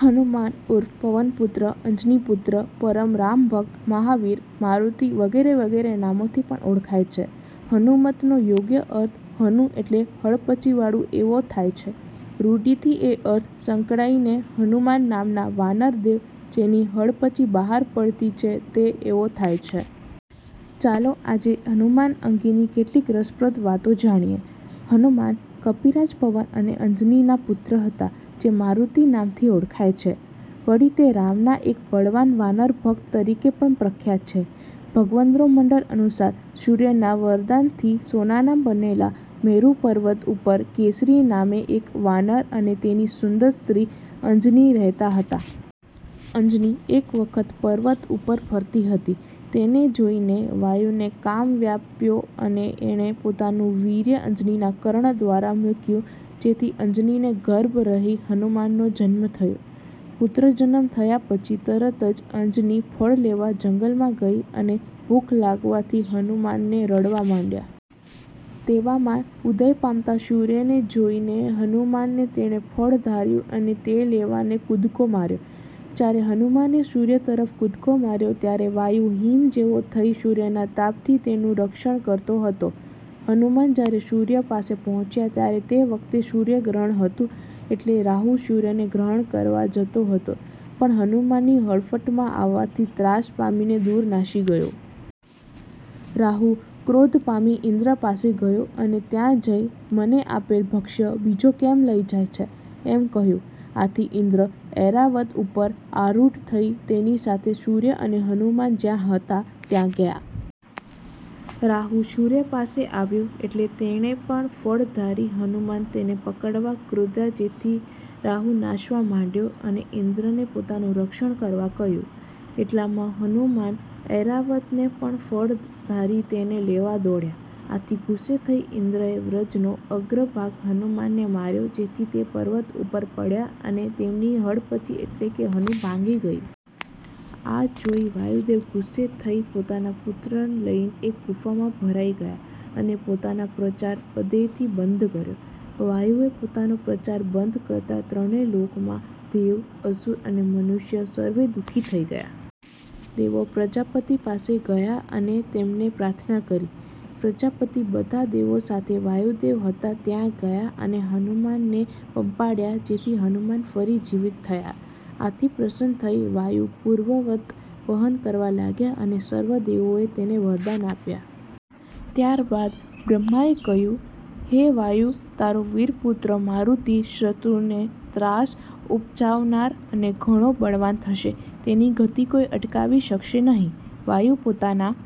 હનુમાન ઉર્ફે પવનપુત્ર, અંજનીપુત્ર, પરમ રામભક્ત, મહાવીર, મારુતિ વગેરે વગેરે નામોથી પણ ઓળખાય છે. હનુમત્નો યોગિક અર્થ હનુ એટલે હડપચીવાળું એવો થાય છે. રૂઢિથી એ અર્થ સંકડાઈ ને હનુમાન નામના વાનરદેવ, જેની હડપચી બહાર પડતી છે તે એવો થાય છે. ચાલો આજે હનુમાન અંગેની કેટલીક રસપ્રદ વાતો જાણીએ. હનુમાન કપિરાજ પવન અને અંજનીના પુત્ર હતા જે મારુતિ નામથી ઓળખાય છે. વળી તે રામના એક બળવાન વાનર ભક્ત તરીકે પણ પ્રખ્યાત છે. ભગવદ્ગોમંડલ અનુસાર સૂર્યના વરદાનથી સોનાના બનેલા મેરુ પર્વત ઉપર કેસરી નામે એક વાનર અને તેની સુંદર સ્ત્રી અંજની રહેતા હતા. અંજની એક વખત પર્વત ઉપર ફરતી હતી, તેને જોઈને વાયુને કામ વ્યાપ્યો અને એણે પોતાનું વીર્ય અંજનીના કર્ણ દ્વારા મૂક્યું જેથી અંજનીને ગર્ભ રહી હનુમાનનો જન્મ થયો. પુત્રજન્મ થયા પછી તરત જ અંજની ફળ લેવા જંગલમાં ગઈ અને ભૂખ લાગવાથી હનુમાને રડવા માંંડ્યા. તેવામાં ઉદય પામતા સૂર્યને જોઈ હનુમાને તેને ફળ ધાર્યું અને તે લેવાને કૂદકો માર્યો. જ્યારે હનુમાને સૂર્ય તરફ કૂદકો માર્યો ત્યારે વાયુ હિમ જેવો થઈ સૂર્યના તાપથી તેનું રક્ષણ કરતો હતો. હનુમાન જ્યારે સૂર્ય પાસે પહોંચ્યા ત્યારે તે વખતે સૂર્યગ્રહણ હતું એટલે રાહુ સૂર્યને ગ્રહણ કરવા જતો હતો પણ હનુમાનની હડફટમાં આવવાથી ત્રાસ પામીને દૂર નાસી ગયો. રાહુ ક્રોધ પામી ઇન્દ્ર પાસે ગયો અને ત્યાં જઈ 'મને આપેલ ભક્ષ્ય બીજો કેમ લઈ જાય છે? ' એમ કહ્યું. આથી ઇન્દ્ર ઐરાવત ઉપર આરુઢ થઈ તેની સાથે સૂર્ય અને હનુમાન જ્યાં હતા ત્યાં ગયા. રાહુ સૂર્ય પાસે આવ્યો એટલે તેને પણ ફળ ધારી હનુમાન તેને પકડવા કૂદ્યા જેથી રાહુ નાસવા માંડ્યો અને ઇન્દ્રને પોતાનું રક્ષણ કરવા કહ્યું. એટલામાં હનુમાન ઐરાવતને પણ ફળ ધારી તેને લેવા દોડ્યા. આથી ગુસ્સે થઈ ઇન્દ્રે વ્રજનો અગ્રભાગ હનુમાનને માર્યો જેથી તે પર્વત ઉપર પડ્યા અને તેમની હડપચી એટલે કે હનુ ભાંગી ગઈ. આ જોઈ વાયુદેવ ગુસ્સે થઈ પોતાના પુત્રને લઈ એક ગુફામાં ભરાઈ ગયા અને પોતાનો પ્રચાર બધેથી બંધ કર્યો. વાયુએ પોતાનો પ્રચાર બંધ કરતા ત્રણે લોકમાં દેવ, અસુર અને મનુષ્ય સર્વે દુખી થઈ ગયા. દેવો પ્રજાપતિ પાસે ગયા અને તેમને પ્રાર્થના કરી. પ્રજાપતિ બધા દેવો સાથે વાયુદેવ હતા ત્યાં ગયા અને હનુમાનને પંપાળ્યા જેથી હનુમાન ફરી જીવિત થયા. આથી પ્રસન્ન થઈ વાયુ પૂર્વવત વહન કરવા લાગ્યા અને સર્વ દેવોએ તેને વરદાન આપ્યા. ત્યારબાદ બ્રહ્માએ કહ્યું, 'હે વાયુ! તારો વીરપુત્ર મારુતિ શત્રુને ત્રાસ ઉપજાવનાર અને ઘણો બળવાન થશે; તેની ગતિ કોઈ અટકાવી શકશે નહિ. ' વાયુ પોતાના--